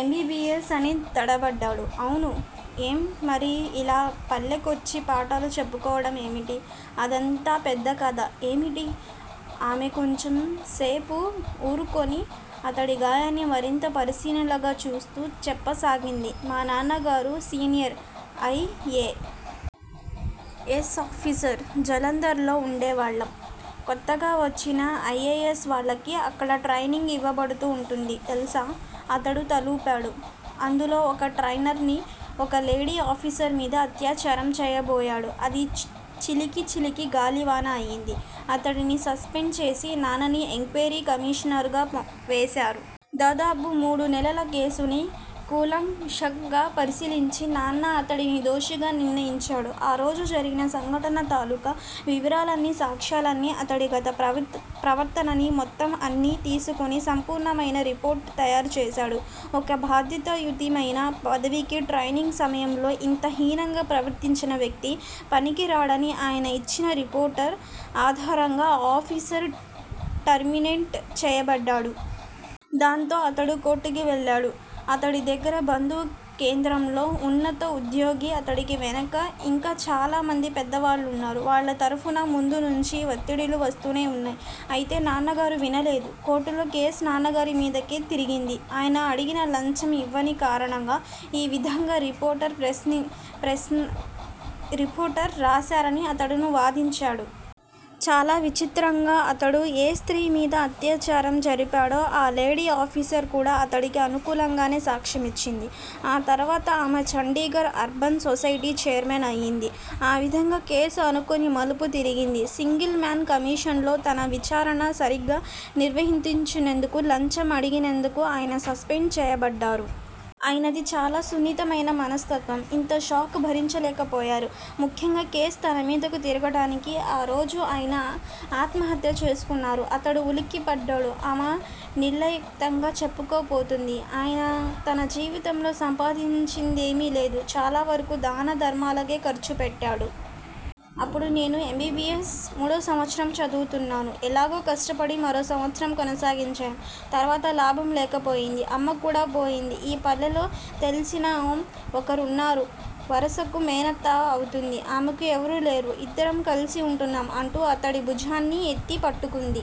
ఎమ్ M B. B. S. అని తడబడ్డాడు. అవును. ఏం! మరి ఇలా పల్లెకొచ్చి పాఠాలు చెప్పుకోవటం ఏమిటి? అదంతా పెద్ద కథ ఏమిటి? ఆమె కొంచెం సేపు వూరుకొని, అతడి గాయాన్ని మరింత పరిశీలనగా చూస్తూ చెప్పసాగింది. మా నాన్నగారు senior I. A. S. Officer Jalandhar లో వుండేవాళ్ళం కొత్తగా వచ్చిన ఐ. ఎ. యస్. వాళ్ళకి అక్కడ ట్రెయినింగ్ ఇవ్వబడుతూ వుంటుంది. తెలుసా?. అతడు తలూపాడు. అందులో ఒక ట్రెయినర్నీ ఒక లేడీ ఆఫీసర్ మీద అత్యాచారం చెయ్యబోయాడు. అది చిలికి చిలికి గాలివాన అయ్యింది. అతడిని సస్పెండ్ చేసి నాన్నని ఎంక్వయిరీ కమీషనర్ గా వేశారు. దాదాపు మూడు నెలల కేసుని కూలంకషంగా పరిశీలించి నాన్న అతడిని దోషిగా నిర్ణయించాడు. ఆ రోజు జరిగిన సంఘటన తాలూకు వివరాల్నీ, సాక్ష్యాల్నీ, అతడి గత ప్రవర్తనని, మొత్తం అన్నీ తీసుకుని సంపూర్ణమైన రిపోర్టు తయారు చేశాడు. ఒక బాధ్యతాయుతమైన పదవికి, ట్రెయినింగ్ సమయంలోనే ఇంత హీనంగా ప్రవర్తించిన వ్యక్తి పనికిరాడని ఆయన ఇచ్చిన రిపోర్టర్ ఆధారంగా ఆ ఆఫీసరు టెర్మినేంట్ చెయ్యబడ్డాడు. దాంతో అతడు కోర్టుకి వెళ్ళాడు. అతడి దగ్గిర బంధువు కేంద్రంలో ఉన్నతోద్యోగి. అతడి వెనక ఇంకా చాలామంది పెద్దవాళ్ళున్నారు. వాళ్ళ తరఫున ముందు నుంచీ వత్తిడులు వస్తూనే వున్నాయి. అయితే నాన్నగారు వినలేదు. కోర్టులో కేసు నాన్నగారి మీదకే తిరిగింది. ఆయన అడిగిన లంచం ఇవ్వని కారణంగా ఈ విధంగ్ రిపోర్టు వ్రాశారని అతడు వాదించాడు. చాలా విచిత్రంగా అతడు ఏ స్త్రీ మీద అత్యాచారం జరిపాడో, ఆ లేడీ ఆఫీసర్ కూడా అతడికి అనుకూలంగానే సాక్ష్యమిచ్చింది. ఆ తరువాత ఆమె చండీగర్ అర్బన్ సొసైటీ ఛైర్మన్ అయింది. ఆ విధంగా కేసు అనుకోని మలుపు తిరిగింది. సింగిల్ మాన్ కమిషన్ లో తన విచారణ సరిగా నిర్వర్తించనందుకూ, లంచం అడిగినందుకూ ఆయన సస్పెండ్ చేయబడ్డారు. ఆయనది చాలా సున్నితమైన మనస్తత్వం! ఇంత షాక్ భరించలేకపోయారు. ముఖ్యంగా కేసు తన మీదికి తిరగటాన్ని ఆ రోజే ఆయన ఆత్మహత్య చేసుకున్నారు అతడు ఉలిక్కిపడ్డాడు. ఆమె నిర్లిప్తంగా చెప్పుకుపోతుంది. ఆయన తన జీవితంలో సంపాదించినదేమీ లేదు. చాలా వరకు దాన ధర్మాలకే ఖర్చు పెట్టాడు. అప్పుడు నేను యం. బి. బి. యస్. మూడో సంవత్సరం చదువుతున్నాను. ఎలాగో కష్టపడి మరో సంవత్సరం కొనసాగించాను. తరువాత లాభం లేకపోయింది. అమ్మ కూడ పోయింది. ఈ పల్లెలో తెలిసినామె ఒకరున్నారు. వరుసకి మేనత్త అవుతుంది. ఆమెకి ఎవరూ లేరు. ఇద్దరం కలిసి ఉంటున్నాం అంటూ అతడి భుజాన్ని ఎత్తి పట్టుకుంది.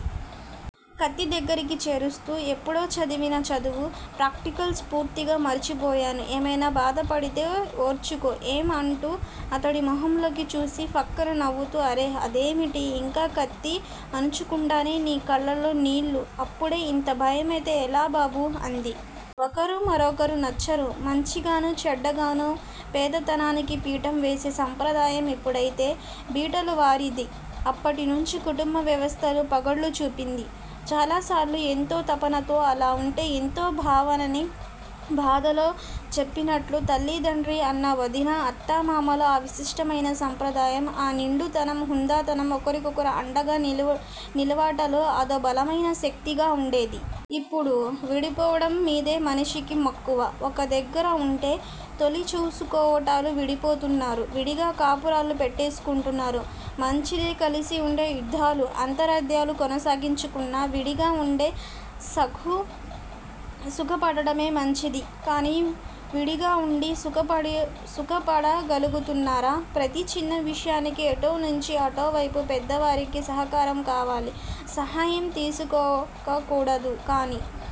కత్తి దగ్గిరకి చేరుస్తూ ఎప్పుడో చదివిన చదువు, ప్రాక్టికల్స్ పూర్తిగా మర్చిపోయాను. ఏమైనా బాధపెడితే ఓర్చుకో- ఏం అంటూ అతడి మొహంలోకి చూసి, ఫక్కున నవ్వుతూ అరె- అదేమిటి- ఇంకా కత్తి ఆన్చకుండానే నీ కళ్లలో నీళ్ళు? ఇప్పుడే ఇంత భయమైతే ఎలా బాబూ అంది. ఒకరు మరొకరికి నచ్చరు. మంచిగానీ, చెడుగానీ, పెద్దతనానికి పీఠం వేసే సంప్రదాయం ఎప్పుడయితే బీటలువారిందో అప్పట్నుంచే కుటుంబ వ్యవస్థ పగుళ్ళు చూపింది. చాలాసార్లు ఎంతో తపనతో, అలా వుంటే ఎంత బావున్ననే బాధలో చెప్పినట్లు తల్లి తండ్రి, అన్నా వదినా, అత్తా మామలు, ఆ విశిష్టమైన సంప్రదాయం, ఆ నిండుతనం, హుందాతనం, ఒకరికొకరు అండగా నిలవటాలు అదో బలీయమైన శక్తిగా వుండేది. ఇప్పుడు విడిపోవటం మీదే మనిషికి మక్కువ. ఒక దగ్గర వుంటే తొలిచేసుకోవటాలు. విడిపోతున్నారు. విడిగా కాపురాలు పెట్టేసుకుంటున్నారు. మంచిదే కలిసి వుండి యుద్దాలు, అంతర్యుద్దాలు కొనసాగించేకన్నా విడిగా వుండి సుఖపడటమే మంచిది. కాని విడిగా వుండి సుఖపడగలుగుతున్నారా? ప్రతి చిన్న విషయానికి ఎటునుంచో అటువైపు పెద్దవారి సహకారం కావాలి. సహాయం తీసుకోకూడదు. కాని